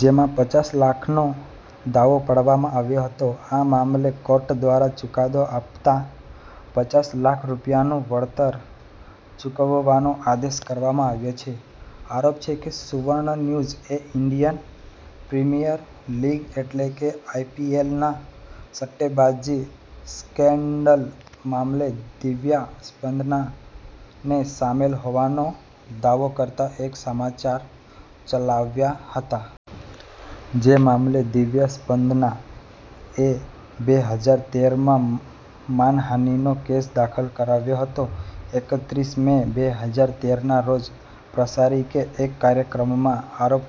જેમાં પચાસ લાખનો દાવો પાડવામાં આવ્યો હતો આ મામલે કોર્ટ દ્વારા ચુકાદો આપતા પચાસ લાખ રૂપિયાનું વળતર ચૂકવવાનો આદેશ કરવામાં આવ્યો છે. આરોપ છે કે સુવર્ણ ન્યુઝ એ ઇન્ડિયન પ્રીમિયર લીગ એટલે કે આઈપીએલના સટ્ટેબાજી સ્કેન્ડલ મામલે દિવ્યા સ્પંદના ને સામેલ હોવાનો દાવો કરતા એક સમાચાર ચલાવ્યા હતા. જે મામલે દિવ્યા સ્પંદના એ બે હજાર તેર માં માનહાનિનો કેસ દાખલ કરાવ્યો હતો. એકત્રીસ મે બે હજાર તેર ના રોજ પ્રસારી કે એક કાર્યક્રમમાં આરોપ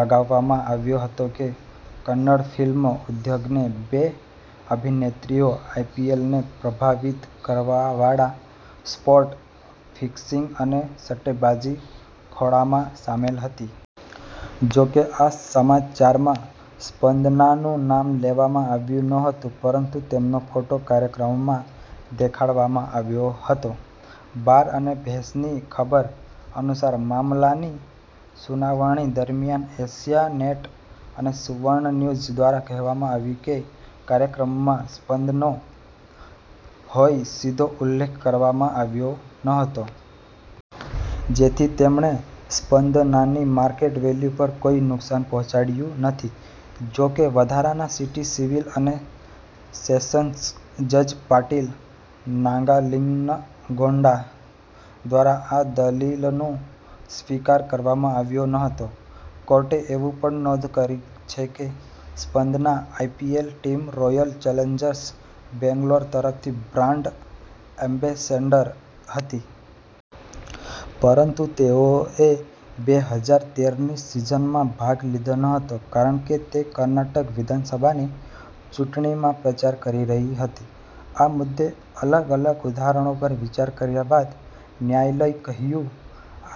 લગાવવામાં આવ્યો હતો કે કન્નડ ફિલ્મ ઉદ્યોગને બે અભિનેત્રીઓ આઈપીએલને પ્રભાવિત કરવાવાળા સ્પોર્ટ ફિક્સિંગ અને સટ્ટેબાજી ખોળામાં સામેલ હતી. જોકે આ સમાચારમાં સ્પંદના નું નામ લેવામાં આવ્યું નહોતું પરંતુ તેમનો ફોટો કાર્યક્રમમાં દેખાડવામાં આવ્યો હતો. બાર અને ભેંસની ખબર અનુસાર મામલાની સુનાવણી દરમિયાન એશિયા નેટ અને સુવર્ણ ન્યુઝ દ્વારા કહેવામાં આવ્યું કે કાર્યક્રમમાં સ્પંદનો હોય સીધો ઉલ્લેખ કરવામાં આવ્યો નહોતો. જેથી તેમણે સ્પંદનાની માર્કેટ વેલ્યુ પર કોઈ નુકસાન પહોંચાડયું નથી જોકે વધારાના સિટી સિવિલ અને સેશન્સ જજ પાટીલ નાગાલિંગનગૌડા દ્વારા આ દલીલનો સ્વીકાર કરવામાં આવ્યો નહોતો. કોર્ટે એવું પણ નોંધ કરી છે કે Spandana IPL team Royal Challengers Bangalore તરફથી બ્રાન્ડ એમ્બેસેડર હતી. પરંતુ તેઓએ બે હજાર તેર ની સિઝનમાં ભાગ લીધો નહોતો કારણ કે તે કર્ણાટક વિધાનસભાની ચૂંટણીમાં પ્રચાર કરી રહી હતી. આ મુદ્દે અલગ-અલગ ઉદાહરણો પર વિચાર કર્યા બાદ ન્યાયાલય કહ્યું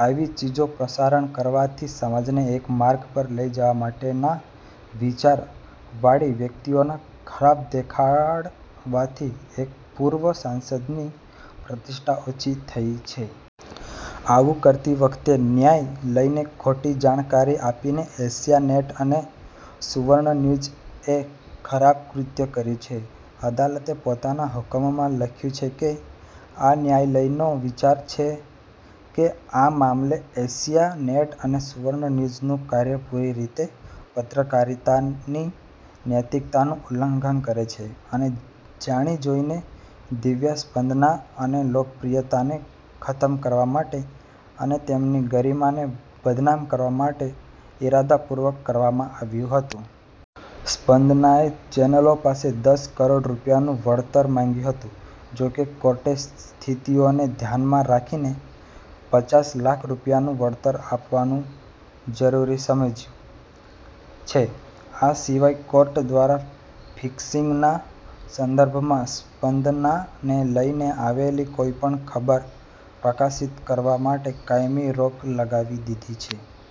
આવી ચીજો પ્રસારણ કરવાથી સમાજને એક માર્ગ પર લઈ જવા માટે ના વિચાર વાળી વ્યક્તિઓના ખરાબ દેખાડવાથી એક પૂર્વ સાંસદ ની પ્રતિષ્ઠા ઓછી થઈ છે. આવું કરતી વખતે ન્યાય લઈને ખોટી જાણકારી આપીને એશિયા નેટ અને સુવર્ણ ન્યુઝ એ ખરાબ કૃત્ય કર્યું છે. અદાલતે પોતાના હુકમમાં લખ્યું છે કે આ ન્યાયાલયનો વિચાર છે કે આ મામલે એશિયા નેટ અને સુવર્ણ ન્યૂઝ નું કાર્ય પૂરી રીતે પત્રકારિતા ની નૈતિકતાનું ઉલ્લંઘન કરે છે અને જાણી જોઈને દિવ્યા સ્પંદના અને લોકપ્રિયતાને ખતમ કરવા માટે અને તેમની ગરિમા ને બદનામ કરવા માટે ઈરાદાપૂર્વક કરવામાં આવ્યું છે. સ્પંદનાએ ચેનલો પાસે દસ કરોડ રૂપિયાનું વળતર માગ્યું હતું. જોકે કોર્ટે સ્થિતિઓને ધ્યાનમાં રાખીને પચાસ લાખ રૂપિયાનું વળતર આપવાનું જરૂરી સમજ્યુ છે, આ સિવાય કોર્ટ દ્વારા ફિક્સિંગ ના સંદર્ભમાં સ્પંદના ને લઈને આવેલી કોઇપણ ખબર પ્રકાશિત કરવા માટે કાયમી રોક લગાવી દીધી છે.